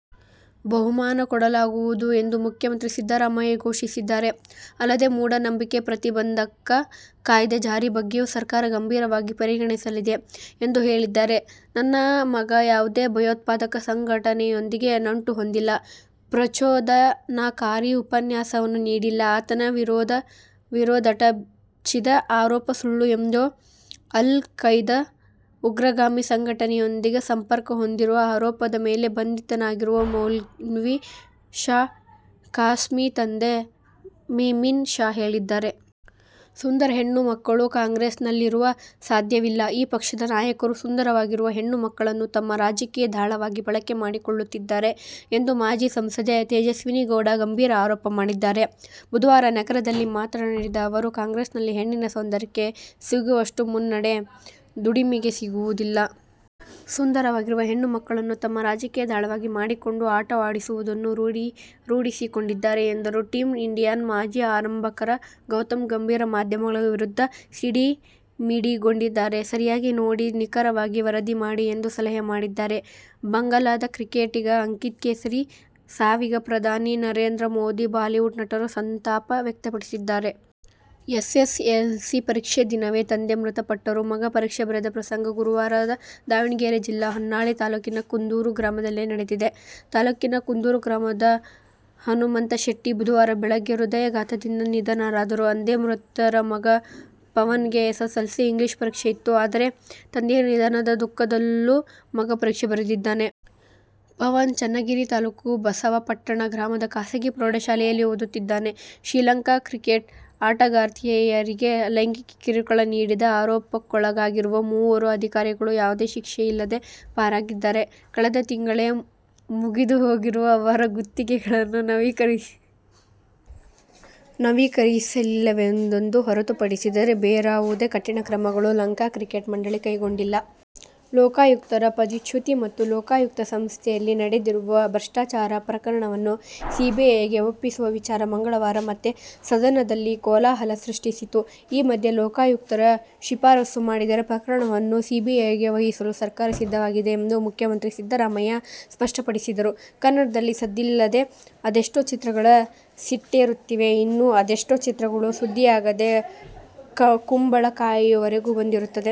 ಬಹುಮಾನ ಕೊಡಲಾಗುವುದು ಎಂದು ಮುಖ್ಯಮಂತ್ರಿ ಸಿದ್ದರಾಮಯ್ಯ ಘೋಷಿಸಿದ್ದಾರೆ. ಅಲ್ಲದೆ ಮೂಢನಂಬಿಕೆ ಪ್ರತಿಬಂಧಕ ಕಾಯ್ದೆ ಜಾರಿ ಬಗ್ಗೆಯೂ ಸರ್ಕಾರ ಗಂಭೀರವಾಗಿ ಪರಿಗಣಿಸಲಿದೆ ಎಂದು ಹೇಳಿದ್ದಾರೆ. ನನ್ನ ಮಗ ಯಾವುದೇ ಭಯೋತ್ಪಾದಕ ಸಂಘಟನೆಯೊಂದಿಗೆ ನಂಟು ಹೊಂದಿಲ್ಲ. ಪ್ರಚೋದನಾಕಾರಿ ಉಪನ್ಯಾಸವನ್ನೂ ನೀಡಿಲ್ಲ. ಆತನ ವಿರುದಟಛಿದ ಆರೋಪ ಸುಳ್ಳು ಎಂದು ಅಲ್ ಖೈದಾ ಉಗ್ರಗಾಮಿ ಸಂಘಟನೆಯೊಂದಿಗೆ ಸಂಪರ್ಕ ಹೊಂದಿರುವ ಆರೋಪದ ಮೇಲೆ ಬಂಧಿತನಾಗಿರುವ ಮೌಲ್ವಿ ಶಾ ಖಾಸ್ಮಿತಂದೆ ಮೆಮಿನ್ ಶಾ ಹೇಳಿದ್ದಾರೆ. ಸುಂದರ ಹೆಣ್ಣು ಮಕ್ಕಳು ಕಾಂಗ್ರೆಸ್ನಲ್ಲಿರಲು ಸಾಧ್ಯವಿಲ್ಲ. ಆ ಪಕ್ಷದ ನಾಯಕರು ಸುಂದರವಾಗಿರುವ ಹೆಣ್ಣು ಮಕ್ಕಳನ್ನು ತಮ್ಮ ರಾಜಕೀಯ ದಾಳವಾಗಿ ಬಳಕೆ ಮಾಡಿಕೊಳ್ಳುತ್ತಿದ್ದಾರೆ ಎಂದು ಮಾಜಿ ಸಂಸದೆ ತೇಜಸ್ವಿನಿ ಗೌಡ ಗಂಭೀರ ಆರೋಪ ಮಾಡಿದ್ದಾರೆ. ಬುಧವಾರ ನಗರದಲ್ಲಿ ಮಾತನಾಡಿದ ಅವರು, ಕಾಂಗ್ರೆಸ್ನಲ್ಲಿ ಹೆಣ್ಣಿನ ಸೌಂದರ್ಯಕ್ಕೆ ಸಿಗುವಷ್ಟು ಮನ್ನಣೆ ದುಡಿಮೆಗೆ ಸಿಗುವುದಿಲ್ಲ. ಸುಂದರವಾಗಿರುವ ಹೆಣ್ಣು ಮಕ್ಕಳನ್ನು ತಮ್ಮ ರಾಜಕೀಯ ದಾಳವಾಗಿ ಮಾಡಿಕೊಂಡು ಆಟವಾಡಿಸುವುದನ್ನು ರೂಢಿಸಿಕೊಂಡಿದ್ದಾರೆ ಎಂದರು. ಟೀಮ್ ಇಂಡಿಯಾದ ಮಾಜಿ ಆರಂಭಕಾರ ಗೌತಮ್ ಗಂಭೀರ್ ಮಾಧ್ಯಮಗಳ ವಿರುದ್ಧ ಸಿಡಿಮಿಡಿಗೊಂಡಿದ್ದಾರೆ. ಸರಿಯಾಗಿ ನೋಡಿ ನಿಖರವಾಗಿ ವರದಿ ಮಾಡಿ ಎಂದು ಸಲಹೆ ಮಾಡಿದ್ದಾರೆ. ಬಂಗಾಲದ ಕ್ರಿಕೆಟಿಗ ಅಂಕಿತ್ ಕೇಸರಿ ಸಾವಿಗೆ ಪ್ರಧಾನಿ ನರೇಂದ್ರ ಮೋದಿ, ಬಾಲಿವುಡ್ ನಟರು ಸಂತಾಪ ವ್ಯಕ್ತಪಡಿಸಿದ್ದಾರೆ. ಎಸ್ಎಸ್ಎಲ್ಸಿ ಪರೀಕ್ಷೆ ದಿನವೇ ತಂದೆ ಮೃತಪಟ್ಟರೂ ಮಗ ಪರೀಕ್ಷೆ ಬರೆದ ಪ್ರಸಂಗ ಗುರುವಾರದಾವಣಗೆರೆ ಜಿಲ್ಲೆ ಹೊನ್ನಾಳಿ ತಾಲೂಕಿನ ಕುಂದೂರು ಗ್ರಾಮದಲ್ಲಿ ನಡೆದಿದೆ. ತಾಲೂಕಿನ ಕುಂದೂರು ಗ್ರಾಮದ ಹನುಮಂತಶೆಟ್ಟಿ ಬುಧವಾರ ಬೆಳಗ್ಗೆ ಹೃದಯಾಘಾತದಿಂದ ನಿಧನರಾದರು. ಅಂದೇ ಮೃತರ ಮಗ ಪವನ್ಗೆ ಎಸ್ಸೆಸ್ಸೆಲ್ಸಿ ಇಂಗ್ಲಿಷ್ ಪರೀಕ್ಷೆ ಇತ್ತು. ಆದರೆ ತಂದೆಯ ನಿಧನದ ದುಃಖದಲ್ಲೂ ಮಗ ಪರೀಕ್ಷೆ ಬರೆದಿದ್ದಾನೆ. ಪವನ್ ಚನ್ನಗಿರಿ ತಾಲೂಕು ಬಸವಾಪಟ್ಟಣ ಗ್ರಾಮದ ಖಾಸಗಿ ಪ್ರೌಢಶಾಲೆಯಲ್ಲಿ ಓದುತ್ತಿದ್ದಾನೆ. ಶ್ರೀಲಂಕಾ ಕ್ರಿಕೆಟ್ ಆಟಗಾರ್ತಿಯರಿಗೆ ಲೈಂಗಿಕ ಕಿರುಕುಳ ನೀಡಿದ ಆರೋಪಕ್ಕೊಳಗಾಗಿರುವ ಮೂವರು ಅಧಿಕಾರಿಗಳು ಯಾವುದೇ ಶಿಕ್ಷೆಯಿಲ್ಲದೇ ಪಾರಾಗಿದ್ದಾರೆ. ಕಳೆದ ತಿಂಗಳೇ ಮುಗಿದುಹೋಗಿರುವ ಅವರ ಗುತ್ತಿಗೆಗಳನ್ನು ನವೀಕರಿಸಿಲ್ಲವೆನ್ನುವುದನ್ನು ಹೊರತುಪಡಿಸಿದರೆ ಬೇರಾವುದೇ ಕಠಿಣ ಕ್ರಮಗಳನ್ನೂ ಲಂಕಾ ಕ್ರಿಕೆಟ್ ಮಂಡಳಿ ಕೈಗೊಂಡಿಲ್ಲ. ಲೋಕಾಯುಕ್ತರ ಪದಚ್ಯುತಿ ಮತ್ತು ಲೋಕಾಯುಕ್ತ ಸಂಸ್ಥೆಯಲ್ಲಿ ನಡೆದಿರುವ ಭ್ರಷ್ಟಾಚಾರ ಪ್ರಕರಣವನ್ನು ಸಿಬಿಐಗೆ ಒಪ್ಪಿಸುವ ವಿಚಾರ ಮಂಗಳವಾರ ಮತ್ತೆ ಸದನದಲ್ಲಿ ಕೋಲಾಹಲ ಸೃಷ್ಟಿಸಿತು. ಈ ಮಧ್ಯೆ ಲೋಕಾಯುಕ್ತರು ಶಿಫಾರಸು ಮಾಡಿದರೆ ಪ್ರಕರಣವನ್ನು ಸಿಬಿಐಗೆ ವಹಿಸಲು ಸರ್ಕಾರ ಸಿದ್ಧವಾಗಿದೆ ಎಂದು ಮುಖ್ಯಮಂತ್ರಿ ಸಿದ್ದರಾಮಯ್ಯ ಸಷ್ಟಪಡಿಸಿದರು. ಕನ್ನಡದಲ್ಲಿ ಸದ್ದಿಲ್ಲದೆ ಅದೆಷ್ಟೋ ಚಿತ್ರಗಳು ಸೆಟ್ಟೇರುತ್ತಿವೆ. ಇನ್ನು ಅದೆಷ್ಟೋ ಚಿತ್ರಗಳು ಸುದ್ದಿಯಾಗದೇ ಕುಂಬಳಕಾಯಿವರೆಗೂ ಬಂದಿರುತ್ತವೆ.